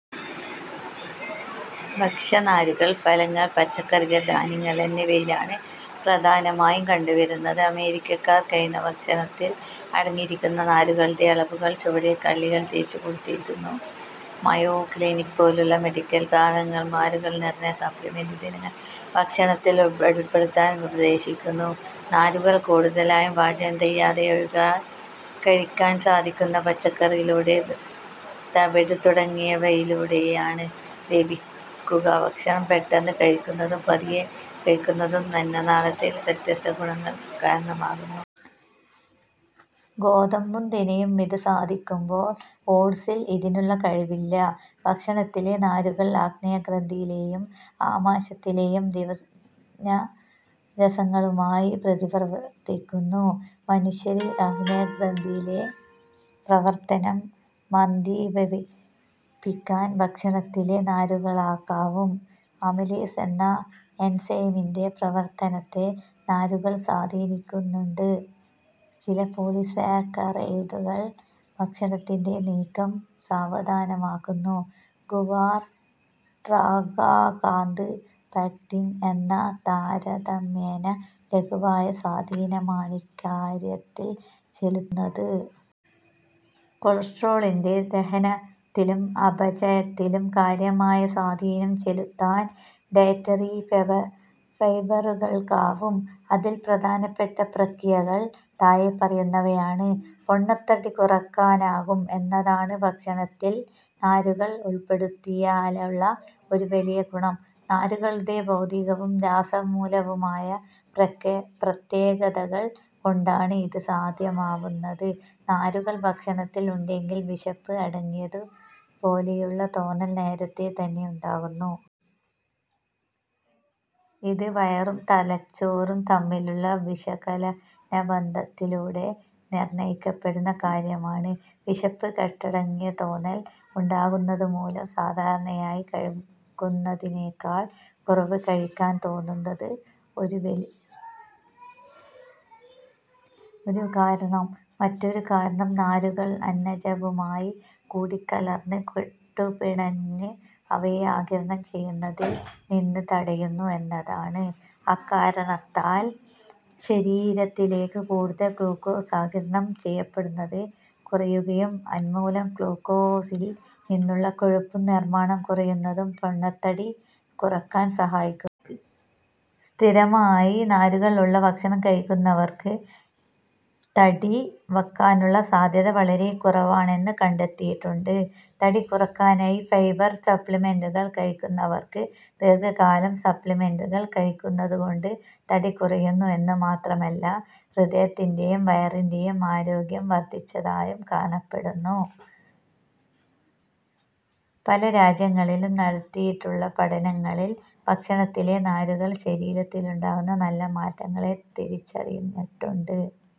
ഭക്ഷ്യനാരുകൾ ഫലങ്ങൾ, പച്ചക്കറികൾ, ധാന്യങ്ങൾ എന്നിവയിലാണ് പ്രധാനമായും കണ്ടുവരുന്നത്. അമേരിക്കക്കാർ കഴിക്കുന്ന ഭക്ഷണത്തിൽ അടങ്ങിയിരിക്കുന്ന നാരുകളുടെ അളവുകൾ ചുവടെ കള്ളികൾ തിരിച്ച് കൊടുത്തിരിക്കുന്നു. മയോ ക്ലിനിക് പോലുള്ള മെഡിക്കൽ സ്ഥാപനങ്ങൾ നാരുകൾ നിറഞ്ഞ സപ്ലിമെന്റുകൾ ദിനവും ഭക്ഷണത്തിൽ ഉൾപ്പെടുത്താൻ ഉപദേശിക്കുന്നു. നാരുകൾ കൂടുതലായും പാചകം ചെയ്യാതെ കഴിക്കാൻ സാധിക്കുന്ന പച്ചക്കറികളിലൂടെയും തവിട് തുടങ്ങിയവയിലൂടെയാണ് ലഭിക്കുക ഭക്ഷണം പെട്ടെന്നു കഴിക്കുന്നതും പതിയെ കഴിക്കുന്നതും അന്നനാളത്തിൽ വ്യത്യസ്ത ഗുണങ്ങൾക്ക് കാരണമാകുന്നു. ഗോതമ്പും തിനയും ഇത് സാധിക്കുമ്പോൾ ഓട്സിൽ ഇതിനുള്ള കഴിവ് ഇല്ല. ഭക്ഷണത്തിലെ നാരുകൾ ആഗ്നേയഗ്രന്ഥിയിലേയും ആമാശയത്തിലേയും ദീപനരസങ്ങളുമായി പ്രതിപ്രവർത്തിക്കുന്നു. മനുഷ്യനിൽ ആഗ്നേയഗ്രന്ഥിയിലെ പ്രവർത്തനം മന്ദീഭവിപ്പിക്കാൻ ഭക്ഷണത്തിലെ നാരുകളക്കാവും. അമിലേസ് എന്ന എൻസൈമിൻ്റെ പ്രവർത്തനത്തെ നാരുകൾ സ്വാധീനിക്കുന്നുണ്ട്. ചില പോളിസാക്കറൈഡുകൾ ഭക്ഷണത്തിൻ്റെ നീക്കം സാവധാനമാക്കുന്നു. ഗുവാർ, ട്രാഗാകാന്ത്, പെക്റ്റിൻ എന്നിവ താരതമ്യേന ലഘുവായ സ്വാധീനമാണിക്കാര്യത്തിൽ ചെലുത്തുന്നത്. കൊളസ്റ്റ്രോളിൻ്റെ ദഹനത്തിലും അപചയത്തിലും കാര്യമായ സ്വാധിനം ചെലുത്താൽ ഡയറ്ററി ഫൈബറുകൾക്കാവും അതിൽ പ്രധാനപ്പെട്ട പ്രക്രിയകൾ താഴെപ്പറയുന്നവയാണ്. പൊണ്ണത്തടി കുറക്കാനാകും എന്നതാണ് ഭക്ഷണത്തിൽ നാരുകൾ ഉൾപ്പെടുത്തിയാലുള്ള ഒരു വലിയ ഗുണം. നാരുകളുടെ ഭൗതികവും രാസമൂലവുമായ പ്രത്യേകതകൾ കൊണ്ടാണ് ഇത് സാധ്യമാവുന്നത്. നാരുകൾ ഭക്ഷണത്തിൽ ഉണ്ടെങ്കിൽ വിശപ്പ് അടങ്ങിയതു പോലെയുള്ള തോന്നൽ നേരത്തേ തന്നെയുണ്ടാകുന്നു. ഇത് വയറും തലച്ചോറും തമ്മിലുള്ള വിശകലനബന്ധത്തിലൂടെ നിർണ്ണയിക്കപ്പെടുന്ന കാര്യമാണ്. വിശപ്പ് കെട്ടടങ്ങിയ തോന്നൽ ഉണ്ടാക്കുന്നതു മൂലം സാധാരണയായി കഴിക്കുന്നതിനേക്കാൾ കുറവ് കഴിക്കാൻ തോന്നുന്നത് ഒരു കാരണം. മറ്റൊരു കാരണം നാരുകൾ അന്നജവുമായി കൂടിക്കലർന്ന് കെട്ടുപിണഞ്ഞ് അവയെ ആഗിരണം ചെയ്യുന്നതിൽ നിന്ന് തടയുന്നു എന്നതാണ്. അക്കാരണത്താലും ശരീരത്തിലേക്ക് കൂടുതൽ ഗ്ലൂക്കോസ് ആഗിരണം ചെയ്യപ്പെടുന്നത് കുറയുകയും തന്മൂലം ഗ്ലൂക്കോസിൽ നിന്നുള്ള കൊഴുപ്പു നിർമ്മാണം കുറയുന്നതും പൊണ്ണത്തടി കുറക്കാൻ സഹായിക്കുന്നു. സ്ഥിരമായി നാരുകൾ ഉള്ള ഭക്ഷണം കഴിക്കുന്നവർക്ക് തടി വക്കാനുള്ള സാധ്യത വളരെ കുറവാണെന്നു കണ്ടെത്തിയിട്ടുണ്ട്. തടി കുറക്കാനായി ഫൈബർ സപ്ലിമെൻ്റുകൾ കഴിക്കുന്നവർക്ക് ദീർഘകാലം സപ്ലിമെൻ്റുകൾ കഴിക്കുന്നതു കൊണ്ട് തടി കുറയുന്നു എന്നു മാത്രമല്ല ഹൃദയത്തിൻ്റേയും വയറിൻ്റേയും ആരോഗ്യം വർദ്ധിച്ചതായും കാണപ്പെട്ടു. പല രാജ്യങ്ങളിലും നടത്തിയിട്ടുള്ള പഠനങ്ങളിൽ ഭക്ഷണത്തിലെ നാരുകൾ ശരീരത്തിലുണ്ടാക്കുന്ന നല്ല മാറ്റങ്ങളെ തിരിച്ചറിഞ്ഞിട്ടുണ്ട്.